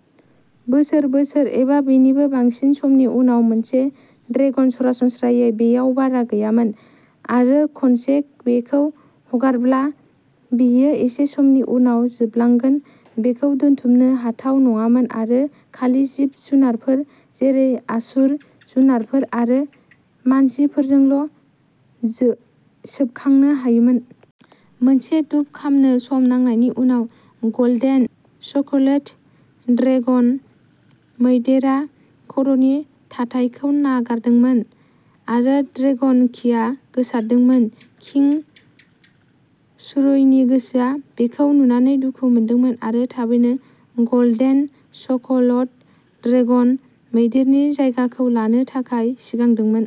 , बोसोर, बोसोर, एबा बेनिबो बांसिन समनि उनाव मोनसे ड्रेगन। सरासनस्रायै बेयाव बारा गैयामोन आरो खनसे बेखौ हगारब्ला, बेयो एसे समनि उनाव जोबलांगोन। बेखौ दोनथुमनो हाथाव नङामोन आरो खालि जिब-जुनारफोर जेरै आसुर जुनारफोर आरो मानसिफोरजोंल' जोब सोबखांनो हायोमोन। मोनसे धूप खामनो सम नांनायनि उनाव, गल्डेन स्केल्ड ड्रेगन मैदेरआ खर'नि थाथायखौ नागारदोंमोन आरो ड्रेगन किआ गोसारदोंमोन। किं शुरुईनि गोसोआ बेखौ नुनानै दुखु मोनदोंमोन आरो थाबैनो गल्डेन स्केल्ड ड्रेगन मैदेरनि जायगाखौ लानो थाखाय सिगांदोंमोन।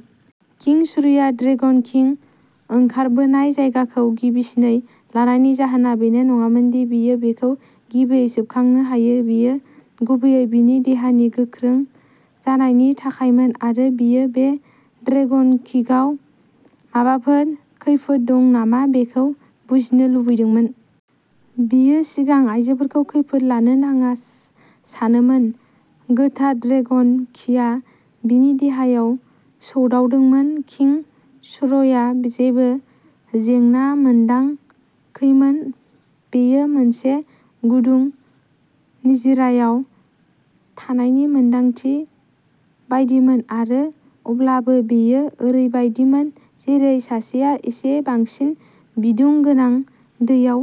किं शुईआ ड्रेगन कि ओंखारबोनाय जायगाखौ गिबिसिनै लानायनि जाहोना बेनो नङामोन दि बियो बेखौ गिबियै सोबखांनो हायो। बेयो गुबैयै बिनि देहानि गोख्रों जानायनि थाखायमोन आरो बियो बे ड्रेगन किआव माबाफोर खैफोद दं नामा बेखौ बुजिनो लुबैदोंमोन। बियो सिगां आयजोफोरखौ खैफोद लानो नाङा सानोमोन। गोथार ड्रेगन किआ बिनि देहायाव सौदावदोंमोन। किं शुरुईआ जेबो जेंना मोनदां खैमोन। बेयो मोनसे गुदुं निजिरायाव थानायनि मोनदांथि बायदिमोन आरो अब्लाबो बेयो ओरैबायदिमोन जेरै सासेआ एसे बांसिन बिदुं गोनां दैयाव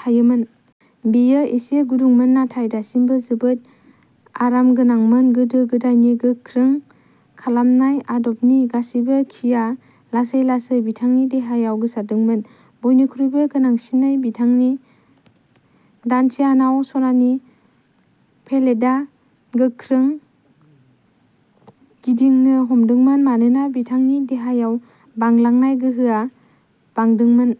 थायोमोन। बेयो एसे गुदुंमोन नाथाय दासिमबो जोबोद आरामगोनांमोन। गोदो गोदायनि गोख्रों खालामनाय आदबनि गासैबो किआ लासै-लासै बिथांनि देहायाव गोसारदोंमोन। बयनिख्रुइबो गोनांसिनै, बिथांनि दान्टियानआव सनानि पेलेटआ गोख्रै गिदिंनो हमदोंमोन मानोना बिथांनि देहायाव बांलांनाय गोहोआ बांदोंमोन।